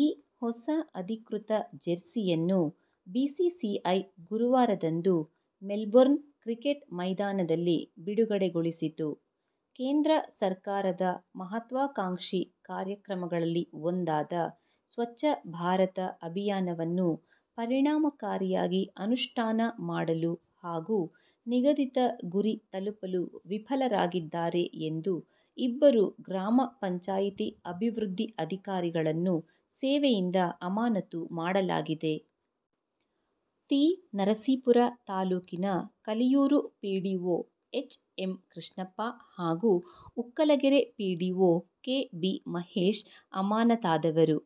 ಈ ಹೊಸ ಅಧಿಕೃತ ಜೆರ್ಸಿಯನ್ನು ಬಿಸಿಸಿಐ ಗುರುವಾರದಂದು ಮೆಲ್ಬೊರ್ನ್ ಕ್ರಿಕೆಟ್ ಮೈದಾನದಲ್ಲಿ ಬಿಡುಗಡೆಗೊಳಿಸಿತು. ಕೇಂದ್ರ ಸರ್ಕಾರದ ಮಹತ್ವಾಕಾಂಕ್ಷಿ ಕಾರ್ಯಕ್ರಮಗಳಲ್ಲಿ ಒಂದಾದ "ಸ್ವಚ್ಛ ಭಾರತ' ಅಭಿಯಾನವನ್ನು ಪರಿಣಾಮಕಾರಿಯಾಗಿ ಅನುಷ್ಠಾನ ಮಾಡಲು ಹಾಗೂ ನಿಗದಿತ ಗುರಿ ತಲುಪಲು ವಿಫಲರಾಗಿದ್ದಾರೆ ಎಂದು ಇಬ್ಬರು ಗ್ರಾಮ ಪಂಚಾಯಿತಿ ಅಭಿವೃದ್ಧಿ ಅಧಿಕಾರಿಗಳನ್ನು ಸೇವೆಯಿಂದ ಅಮಾನತು ಮಾಡಲಾಗಿದೆ. ತಿ.ನರಸೀಪುರ ತಾಲೂಕಿನ Kaliyur PDO H. M. Krishnappa ಹಾಗೂ Ukkalagere PDO K. B. Mahesh ಅಮಾನತಾದವರು.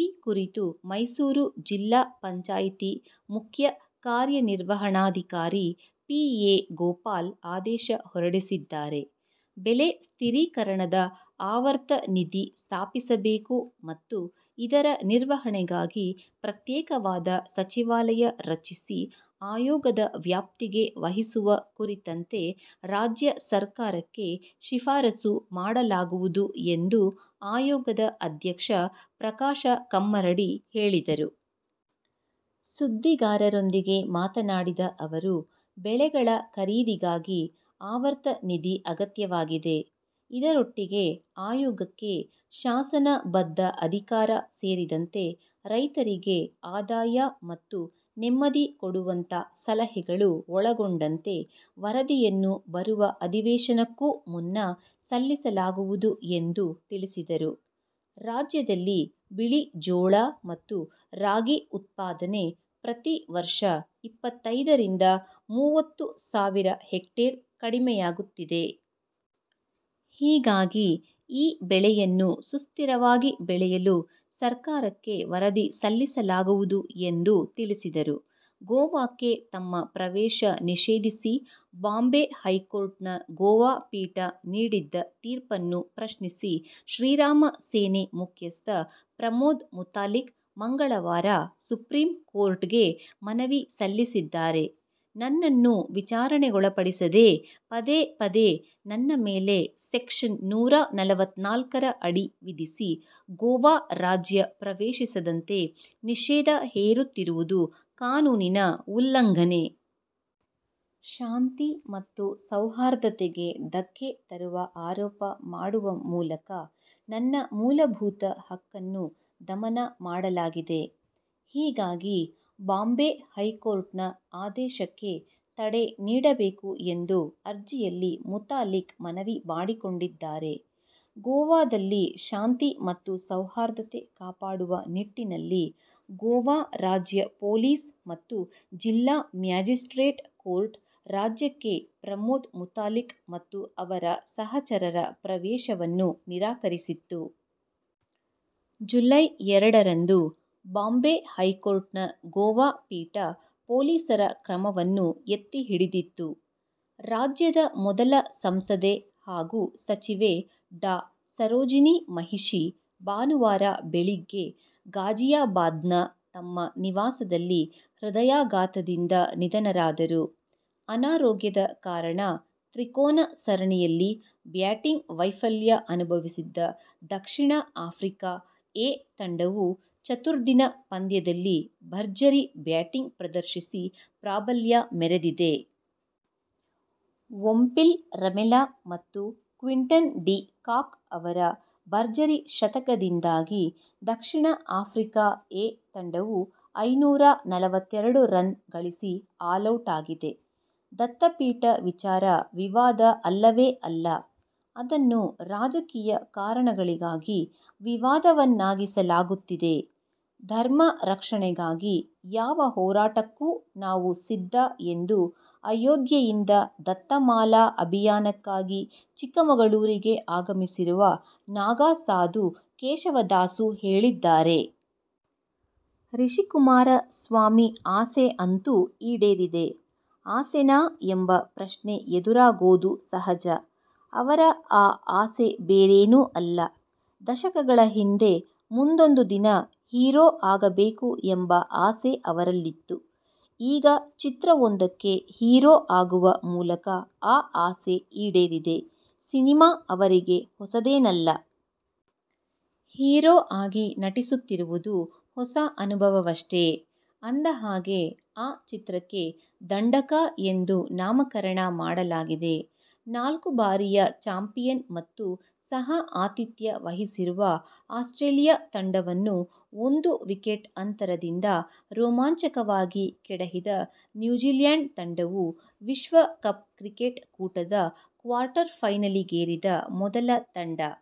ಈ ಕುರಿತು ಮೈಸೂರು ಜಿಲ್ಲಾ ಪಂಚಾಯಿತಿ ಮುಖ್ಯ ಕಾರ್ಯನಿರ್ವಹಣಾಧಿಕಾರಿ ಪಿ.ಎ.ಗೋಪಾಲ್ ಆದೇಶ ಹೊರಡಿಸಿದ್ದಾರೆ. ಬೆಲೆ ಸ್ಥಿರೀಕರಣದ ಆವರ್ತ ನಿಧಿ ಸ್ಥಾಪಿಸಬೇಕು ಮತ್ತು ಇದರ ನಿರ್ವಹಣೆಗಾಗಿ ಪ್ರತ್ಯೇಕವಾದ ಸಚಿವಾಲಯ ರಚಿಸಿ ಆಯೋಗದ ವ್ಯಾಪ್ತಿಗೆ ವಹಿಸುವ ಕುರಿತಂತೆ ರಾಜ್ಯ ಸರ್ಕಾರಕ್ಕೆ ಶಿಫಾರಸು ಮಾಡಲಾಗುವುದು ಎಂದು ಆಯೋಗದ ಅಧ್ಯಕ್ಷ ಪ್ರಕಾಶ ಕಮ್ಮರಡಿ ಹೇಳಿದರು. ಸುದ್ದಿಗಾರರೊಂದಿಗೆ ಮಾತನಾಡಿದ ಅವರು, ಬೆಳೆಗಳ ಖರೀದಿಗಾಗಿ ಆವರ್ತ ನಿಧಿ ಅಗತ್ಯವಾಗಿದೆ. ಇದರೊಟ್ಟಿಗೆ ಆಯೋಗಕ್ಕೆ ಶಾಸನ ಬದ್ಧ ಅಧಿಕಾರ ಸೇರಿದಂತೆ ರೈತರಿಗೆ ಆದಾಯ ಮತ್ತು ನೆಮ್ಮದಿ ಕೊಡುವಂಥ ಸಲಹೆಗಳು ಒಳಗೊಂಡಂತೆ ವರದಿಯನ್ನು ಬರುವ ಅಧಿವೇಶನಕ್ಕೂ ಮುನ್ನ ಸಲ್ಲಿಸಲಾಗುವುದು ಎಂದು ತಿಳಿಸಿದರು. ರಾಜ್ಯದಲ್ಲಿ ಬಿಳಿ ಜೋಳ ಮತ್ತು ರಾಗಿ ಉತ್ಪಾದನೆ ಪ್ರತಿ ವರ್ಷ ಇಪ್ಪತ್ತೈದರಿಂದ ಮೂವತ್ತು ಸಾವಿರ ಹೆಕ್ಟೇರ್ ಕಡಿಮೆಯಾಗುತ್ತಿದೆ. ಹೀಗಾಗಿ ಈ ಬೆಳೆಯನ್ನು ಸುಸ್ಥಿರವಾಗಿ ಬೆಳೆಯಲು ಸರ್ಕಾರಕ್ಕೆ ವರದಿ ಸಲ್ಲಿಸಲಾಗುವುದು ಎಂದು ತಿಳಿಸಿದರು. ಗೋವಾಕ್ಕೆ ತಮ್ಮ ಪ್ರವೇಶ ನಿಷೇಧಿಸಿ ಬಾಂಬೆ ಹೈಕೋರ್ಟ್ನ ಗೋವಾ ಪೀಠ ನೀಡಿದ್ದ ತೀರ್ಪನ್ನು ಪ್ರಶ್ನಿಸಿ ಶ್ರೀರಾಮ ಸೇನೆ ಮುಖ್ಯಸ್ಥ ಪ್ರಮೋದ್ ಮುತಾಲಿಕ್ ಮಂಗಳವಾರ ಸುಪ್ರೀಂ ಕೋರ್ಟ್ಗೆ ಮನವಿ ಸಲ್ಲಿಸಿದ್ದಾರೆ. ನನ್ನನ್ನು ವಿಚಾರಣೆಗೊಳಪಡಿಸದೇ ಪದೇ ಪದೇ ನನ್ನ ಮೇಲೆ ಸೆಕ್ಷನ್ ನೂರ ನಲವತ್ನಾಲ್ಕರ ಅಡಿ ವಿಧಿಸಿ ಗೋವಾ ರಾಜ್ಯ ಪ್ರವೇಶಿಸದಂತೆ ನಿಷೇಧ ಹೇರುತ್ತಿರುವುದು ಕಾನೂನಿನ ಉಲ್ಲಂಘನೆ. ಶಾಂತಿ ಮತ್ತು ಸೌಹಾರ್ಧತೆಗೆ ಧಕ್ಕೆ ತರುವ ಆರೋಪ ಮಾಡುವ ಮೂಲಕ ನನ್ನ ಮೂಲಭೂತ ಹಕ್ಕನ್ನು ದಮನ ಮಾಡಲಾಗಿದೆ. ಹೀಗಾಗಿ ಬಾಂಬೆ ಹೈಕೋರ್ಟ್ನ ಆದೇಶಕ್ಕೆ ತಡೆ ನೀಡಬೇಕು ಎಂದು ಅರ್ಜಿಯಲ್ಲಿ ಮುತಾಲಿಕ್ ಮನವಿ ಮಾಡಿಕೊಂಡಿದ್ದಾರೆ. ಗೋವಾದಲ್ಲಿ ಶಾಂತಿ ಮತ್ತು ಸೌಹಾರ್ದತೆ ಕಾಪಾಡುವ ನಿಟ್ಟಿನಲ್ಲಿ ಗೋವಾ ರಾಜ್ಯ ಪೊಲೀಸ್ ಮತ್ತು ಜಿಲ್ಲಾ ಮ್ಯಾಜಿಸ್ಟ್ರೇಟ್ ಕೋರ್ಟ್ ರಾಜ್ಯಕ್ಕೆ ಪ್ರಮೋದ್ ಮುತಾಲಿಕ್ ಮತ್ತು ಅವರ ಸಹಚರರ ಪ್ರವೇಶವನ್ನು ನಿರಾಕರಿಸಿತ್ತು. ಜುಲೈ ಎರಡರಂದು ಬಾಂಬೆ ಹೈಕೋರ್ಟ್ನ ಗೋವಾ ಪೀಠ ಪೊಲೀಸರ ಕ್ರಮವನ್ನು ಎತ್ತಿಹಿಡಿದಿತ್ತು. ರಾಜ್ಯದ ಮೊದಲ ಸಂಸದೆ ಹಾಗೂ ಸಚಿವೆ ಡಾ. ಸರೋಜಿನಿ ಮಹಿಷಿ ಭಾನುವಾರ ಬೆಳಿಗ್ಗೆ ಗಾಜಿಯಾಬಾದ್ನ ತಮ್ಮ ನಿವಾಸದಲ್ಲಿ ಹೃದಯಾಘಾತದಿಂದ ನಿಧನರಾದರು. ಅನಾರೋಗ್ಯದ ಕಾರಣ ತ್ರಿಕೋನ ಸರಣಿಯಲ್ಲಿ ಬ್ಯಾಟಿಂಗ್ ವೈಫಲ್ಯ ಅನುಭವಿಸಿದ್ದ ದಕ್ಷಿಣ ಆಫ್ರಿಕಾ "ಎ' ತಂಡವು ಚತುರ್ದಿನ ಪಂದ್ಯದಲ್ಲಿ ಭರ್ಜರಿ ಬ್ಯಾಟಿಂಗ್ ಪ್ರದರ್ಶಿಸಿ ಪ್ರಾಬಲ್ಯ ಮೆರೆದಿದೆ. ಒಂಪಿಲ್ ರಮೆಲ ಮತ್ತು ಕ್ವಿಂಟನ್ ಡಿ ಕಾಕ್ ಅವರ ಭರ್ಜರಿ ಶತಕದಿಂದಾಗಿ ದಕ್ಷಿಣ ಆಫ್ರಿಕಾ "ಎ' ತಂಡವು ಐನೂರ ನಲವತ್ತೆರಡು ರನ್ ಗಳಿಸಿ ಆಲೌಟಾಗಿದೆ. ದತ್ತಪೀಠ ವಿಚಾರ ವಿವಾದ ಅಲ್ಲವೇ ಅಲ್ಲ. ಅದನ್ನು ರಾಜಕೀಯ ಕಾರಣಗಳಿಗಾಗಿ ವಿವಾದವನ್ನಾಗಿಸಲಾಗುತ್ತಿದೆ. ಧರ್ಮ ರಕ್ಷಣೆಗಾಗಿ ಯಾವ ಹೋರಾಟಕ್ಕೂ ನಾವು ಸಿದ್ಧ ಎಂದು ಅಯೋಧ್ಯೆಯಿಂದ ದತ್ತಮಾಲಾ ಅಭಿಯಾನಕ್ಕಾಗಿ ಚಿಕ್ಕಮಗಳೂರಿಗೆ ಆಗಮಿಸಿರುವ ನಾಗಾ ಸಾಧು ಕೇಶವದಾಸು ಹೇಳಿದ್ದಾರೆ. ರಿಷಿಕುಮಾರ ಸ್ವಾಮಿ ಆಸೆ ಅಂತೂ ಈಡೇರಿದೆ. ಆಸೆನಾ ಎಂಬ ಪ್ರಶ್ನೆ ಎದುರಾಗೋದು ಸಹಜ. ಅವರ ಆ ಆಸೆ ಬೇರೇನೂ ಅಲ್ಲ, ದಶಕಗಳ ಹಿಂದೆ, ಮುಂದೊಂದು ದಿನ ಹೀರೋ ಆಗಬೇಕು ಎಂಬ ಆಸೆ ಅವರಲ್ಲಿತ್ತು. ಈಗ ಚಿತ್ರವೊಂದಕ್ಕೆ ಹೀರೋ ಆಗುವ ಮೂಲಕ ಆ ಆಸೆ ಈಡೇರಿದೆ. ಸಿನಿಮಾ ಅವರಿಗೆ ಹೊಸದೇನಲ್ಲ. ಹೀರೋ ಆಗಿ ನಟಿಸುತ್ತಿರುವುದು ಹೊಸ ಅನುಭವವಷ್ಟೇ. ಅಂದಹಾಗೆ, ಆ ಚಿತ್ರಕ್ಕೆ "ದಂಢಕ' ಎಂದು ನಾಮಕರಣ ಮಾಡಲಾಗಿದೆ. ನಾಲ್ಕು ಬಾರಿಯ ಚಾಂಪಿಯನ್ ಮತ್ತು ಸಹ ಆತಿಥ್ಯ ವಹಿಸಿರುವ ಆಸ್ಟ್ರೇಲಿಯ ತಂಡವನ್ನು ಒಂದು ವಿಕೆಟ್ ಅಂತರದಿಂದ ರೋಮಾಂಚಕವಾಗಿ ಕೆಡಹಿದ ನ್ಯೂಜಿಲ್ಯಾಂಡ್ ತಂಡವು ವಿಶ್ವ ಕಪ್ ಕ್ರಿಕೆಟ್ ಕೂಟದ ಕ್ವಾರ್ಟರ್ಫೈನಲಿಗೇರಿದ ಮೊದಲ ತಂಡ.